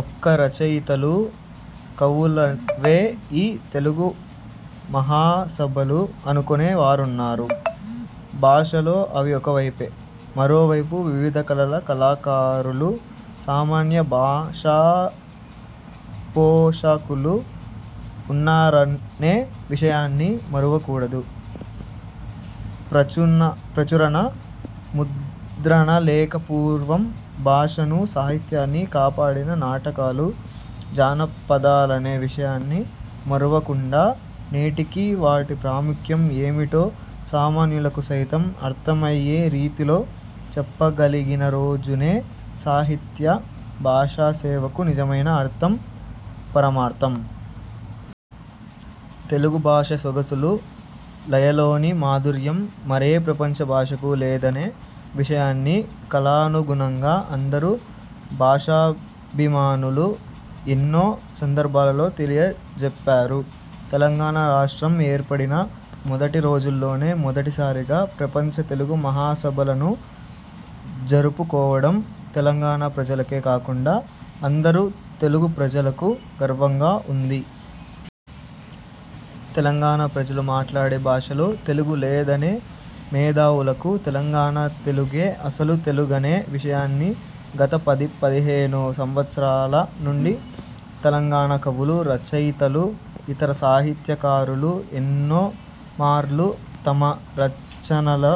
ఒక్క రచయితలూ, కవులవే ఈ తెలుగుమహాసభలు అనుకొనే వారున్నారు. భాషలో అవి ఒక వైపే. మరో వైపు వివిధ కళల కళాకారులు, సామాన్య భాషాపోషకులు ఉన్నారనే విషయాన్ని మరువకూడదు. ప్రచురణ, ముద్రణ లేక పూర్వం భాషనూ, సాహిత్యాన్నీ కాపాడినవి నాటకాలు, జనపదాలనే విషయాన్ని మరువకుండా, నేటికీ వాటి ప్రాముఖ్యం ఏమిటో సామాన్యులకు సైతం అర్థం అయ్యే రీతిలో చెప్పగలిగిన రోజునే సాహిత్య, భాషా సేవకు నిజమైన అర్థం పరమార్థం. తెలుగు భాష సొగసులు, లయలోని మాధుర్యం మరే ప్రపంచ భాషకు లేదనే విషయాన్ని కలానుగుణంగా అందరు భాషాభిమానులు ఎన్నో సందర్భాలలో తెలియజెప్పారు. తెలంగాణ రాష్ట్రం ఏర్పడిన మొదటి రోజుల్లోనే మొదటిసారిగా ప్రపంచ తెలుగు మహాసభలను జరుపుకోవడం తెలంగాణ ప్రజలకే కాకుండా అందరు తెలుగు ప్రజలకు గర్వంగా ఉంది. తెలంగాణ ప్రజలు మాట్లాడే భాషలో తెలుగు లేదనే మేధావులకు తెలంగాణ తెలుగే అసలు తెలుగనే విషయాన్ని గత పది పదిహేను సంవత్సరాల నుండి తెలంగాణ కవులు, రచయితలు, ఇతర సాహిత్యకారులు ఎన్నోమార్లు తమ రచనల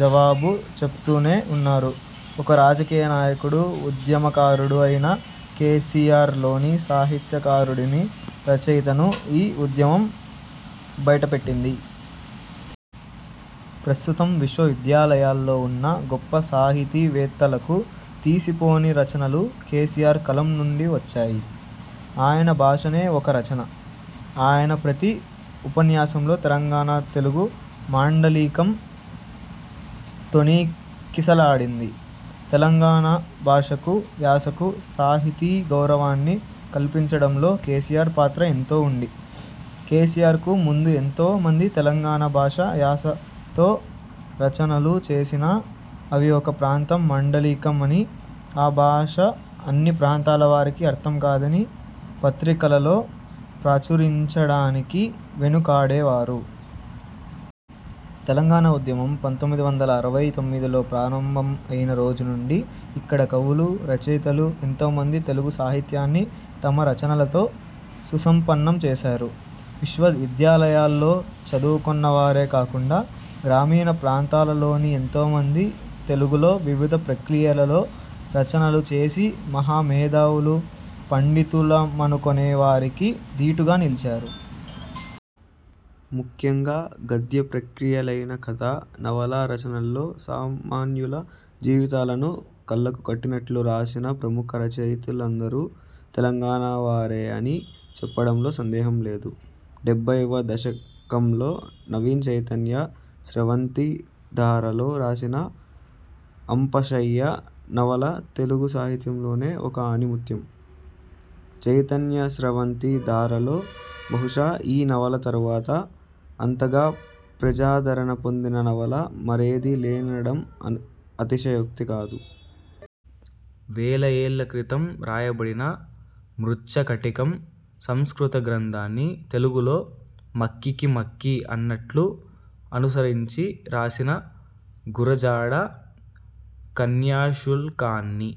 జవాబు చెపుతూనే ఉన్నారు. ఒక రాజకీయ నాయకుడు, ఉద్యమకారుడు అయిన కేసీఆర్ లోని సాహిత్యకారుడిని, రచయితను ఈ ఉద్యమం బయటపెట్టింది. ప్రస్తుతం విశ్వవిద్యాలయాల్లో ఉన్న గొప్ప సాహితీవేత్తలకు తీసిపోని రచనలు కేసీఆర్ కలం నుంచి వచ్చాయి. ఆయన భాషనే ఒక రచన. ఆయన ప్రతి ఉపన్యాసంలో తెలంగాణ తెలుగు మాండలీకం తొణికిసలాడింది. తెలంగాణ భాషకు, యాసకు సాహితీ గౌరవాన్ని కల్పించడంలో కేసీఆర్ పాత్ర ఏంతో ఉంది. కేసీఆర్ కు ముందు ఎంతో మంది తెలంగాణ భాష, యాసతో రచనలు చేసినా అవి ఒక ప్రాంతం మాండలీకం అనీ, ఆ భాష అన్ని ప్రాంతాలవారికీ అర్థం కాదని పత్రికలలో ప్రచురించడానికి వెనుకాడేవారు. తెలంగాణ ఉద్యమం పంతొమ్మిది వందల అరవై తొమ్మిదిలో ప్రారంభం అయిన రోజు నుంచి ఇక్కడి కవులు, రచయితలు ఎంతోమంది తెలుగు సాహిత్యాన్ని తమ రచనలతో సుసంపన్నం చేసారు. విశ్వవిద్యాలయాలలో చదువుకొన్న వారే కాకుండా గ్రామీణ ప్రాంతాలలోని ఎంతోమంది తెలుగులో వివిధ ప్రక్రియలలో రచనలు చేసి మహా మేధావులు, పండితులమనుకొనే వారికి దీటుగా నిలిచారు. ముఖ్యంగా గద్య ప్రక్రియలైన కథ, నవలా రచనల్లో సామాన్యుల జీవితాలను కళ్ళకు కట్టినట్లు రాసిన ప్రముఖ రచయితలందరూ తెలంగాణవారే అని చెప్పడంలో సందేహం లేదు. డెబ్బైవ దశకంలో నవీన్ చైతన్య స్రవంతి ధారలో రాసిన 'అంపశయ్య' నవల తెలుగు సాహిత్యంలోనే ఒక ఆణిముత్యం. చైతన్యస్రవంతి ధారలో బహుశా ఈ నవల తరువాత అంతగా ప్రజాదరణ పొందిన నవల మరేదీ లేదనడం అ అతిశయోక్తి కాదు. వేల ఏళ్ళ క్రితం రాయబడిన 'మృచ్చకటికం' సంస్కృత గ్రంథాన్ని తెలుగులో మక్కికిమక్కి అన్నట్లు అనుసరించి రాసిన గురజాడ కన్యాశుల్కాన్ని